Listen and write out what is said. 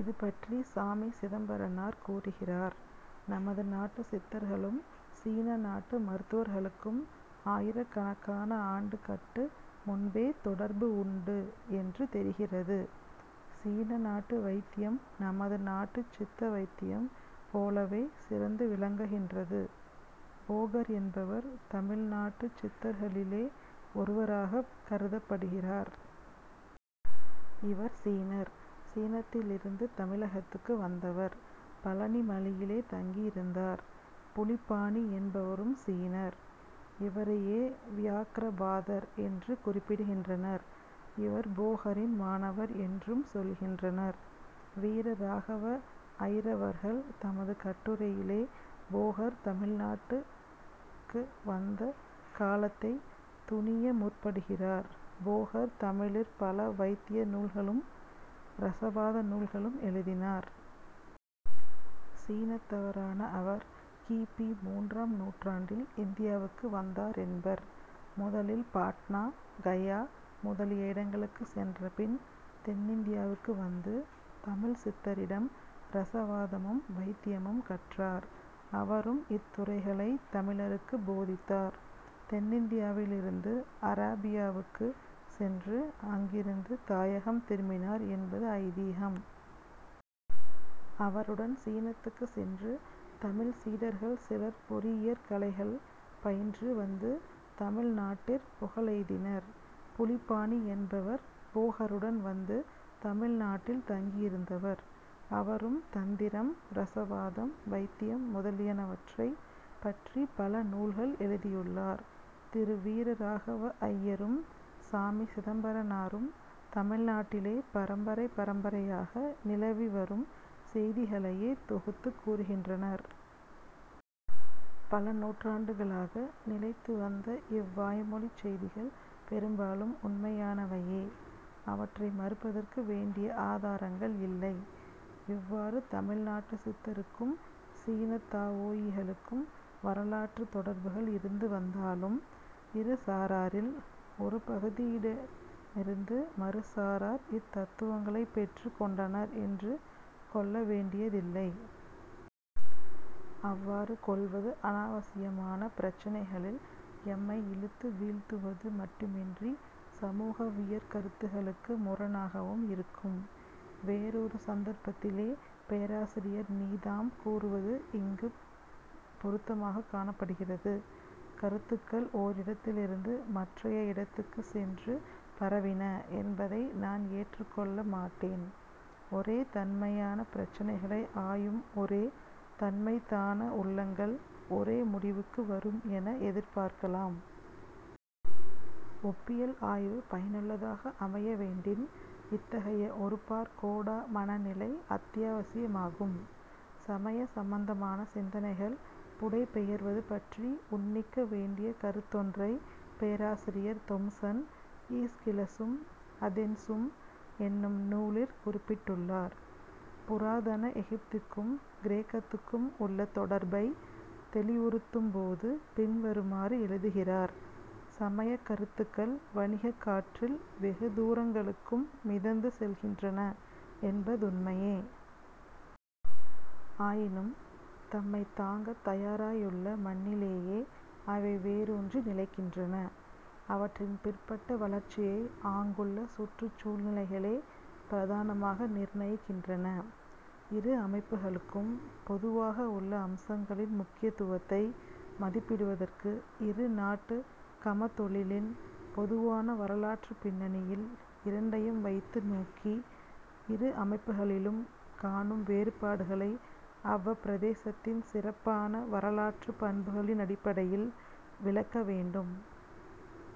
இதுபற்றிச் சாமி சிதம்பரனார் கூறுகிறார்: "நமது நாட்டுச் சித்தர்களும், சீன நாட்டுச் மருத்துவர்களுக்கும் ஆயிரக்கணக்கான ஆண்டுகட்டு முன்பே தொடர்பு உண்டு என்று தெரிகிறது... சீன நாட்டு வைத்தியம் நமது நாட்டுச் சித்த வைத்தியம் போலவே சிறந்து விளங்ககின்றது... போகர் என்பவர் தமிழ் நாட்டுச் சித்தர்களிலே ஒருவராகக் கருதப்படுகிறார். இவர் சீனர், சீனத்திலிருந்து தமிழகத்துக்கு வந்தவர். பழனி மலையிலே தங்கியிருந்தார். புலிப்பாணி என்பவரும் சீனர். இவரையே 'வியாக்ரபாதர்' என்று குறிப்பிடுகின்றனர். இவர் போகரின் மாணவர் என்றும் சொல்கின்றனர். வீரராகவ ஐயரவர்கள் தமது கட்டுரையிலே போகர் தமிழ் நாட்டுக்கு வந்த காலத்தைத் துணிய முற்படுகிறார். "போகர் தமிழிற் பல வைத்திய நூல்களும் இரசவாத நூல்களும் எழுதினார். சீனத்தவரான அவர் கி. பி. மூன்றாம் நூற்றாண்டில் இந்தியாவுக்கு வந்தாரென்பர். முதலில் பாட்னா, கயா, முதலிய இடங்களுக்குச் சென்றபின், தென்னிந்தியாவுக்கு வந்து, தமிழ்ச் சித்தரிடம் இரசவாதமும் வைத்தியமும் கற்றார். அவரும் இத்துறைகளைத் தமிழருக்குப் போதித்தார். தென்னிந்தியாவிலிருந்து அராபியாவுக்குச் சென்று, அங்கிருந்து தாயகம் திரும்பினார் என்பது ஐதீகம். அவருடன் சீனத்துக்குச் சென்ற தமிழ்ச் சீடர்கள் சிலர் பொறியியற் கலைகள் பயின்று வந்து தமிழ் நாட்டிற் புகழெய்தினர். புலிப்பாணி என்பவர் போகருடன் வந்து தமிழ் நாட்டில் தங்கியிருந்தவர். அவரும் தந்திரம், இரசவாதம், வைத்தியம் முதலியனவற்றைப் பற்றிப் பல நூல்கள் எழுதியுள்ளார். திரு. வீரராகவ ஐயரும், சாமி சிதம்பரனாரும் தமிழ்நாட்டிலே பரம்பரை பரம்பரையாக நிலவி வரும் செய்திகளையே தொகுத்துக் கூறுகின்றனர். பல நூற்றாண்டுகளாக நிலைத்து வந்த இவ்வாய்மொழிச் செய்திகள் பெரும்பாலும் உண்மையானவையே. அவற்றை மறுப்பதற்கு வேண்டிய ஆதாரங்கள் இல்லை. இவ்வாறு தமிழ் நாட்டுச் சித்தருக்கும் சீனத் தாவோயிகளுக்கும் வரலாற்றுத் தொடர்புகள் இருந்து வந்தாலும், இரு சாராரில் ஒரு பகுதியினடமிருந்து மறுசாரார் இத் தத்துவங்களைப் பெற்றுக் கொண்டனர் என்று கொள்ள வேண்டியதில்லை. அவ்வாறு கொள்வது அநாவசியமான பிரச்சினைகளில் எம்மை இழுத்து வீழ்த்துவது மட்டுமின்றிச் சமூகவியற் கருத்துக்களுக்கு முரணாகவும் இருக்கும். வேறொரு சந்தர்ப்பத்திலே பேராசிரியர் நீதாம் கூறுவது இங்கும் பொருத்தமாகக் காணப்படுகிறது. "கருத்துக்கள் ஓரிடத்திலிருந்து மற்றைய இடத்துக்குச் சென்று பரவின என்பதை நான் ஏற்றுக் கொள்ள மாட்டேன். ஒரே தன்மையான பிரச்சினைகளை ஆயும் ஒரே தன்மைத்தான உள்ளங்கள் ஒரே முடிவுக்கு வரும் என எதிர்பார்க்கலாம். " ஒப்பியல் ஆய்வு பயனுள்ளதாக அமையவேண்டின் இத்தகைய 'ஒருபாற்கோடா' மன நிலை அத்தியாவசியமாகும். சமய சம்பந்தமான சிந்தனைகள் புடைபெயர்வது பற்றி உன்னிக்க வேண்டிய கருத்தொன்றைப் பேராசிரியர் தொம்சன் ஈஸ்கிலசும் அதென்சும் என்னும் நூலிற் குறிப்பிட்டுள்ளார். புராதன எகிப்துக்கும் கிரேக்கத்துக்கும் உள்ள தொடர்பைத் தௌிவுறுத்தும் போது பின்வருமாறு எழுதுகிறார்: "சமயக் கருத்துக்கள் வணிகக் காற்றில் வெகு தூரங்களுக்கும் மிதந்து செல்கின்றன என்பதுண்மையே. ஆயினும், தம்மைத் தாங்கத் தயாராயுள்ள மண்ணிலேயே அவை வேரூன்றி நிலைக்கின்றன. அவற்றின் பிற்பட்ட வளர்ச்சியை ஆங்குள்ள சுற்றுச் சூழ்நிலைகளே பிரதானமாக நிர்ணயிக்கின்றன. இரு அமைப்புகளுக்கும் பொதுவாக உள்ள அம்சங்களின் முக்கியத்துவத்தை மதிப்பிடுவதற்கு, இரு நாட்டுக் கமத்தொழிலின் பொதுவான வரலாற்றுப் பின்னணியில் இரண்டையும் வைத்து நோக்கி, இரு அமைப்புகளிலும் காணும் வேறுபாடுகளை அவ்வப் பிரதேசத்தின் சிறப்பான வரலாற்றுப் பண்புகளினடிப்படையில் விளக்க வேண்டும்.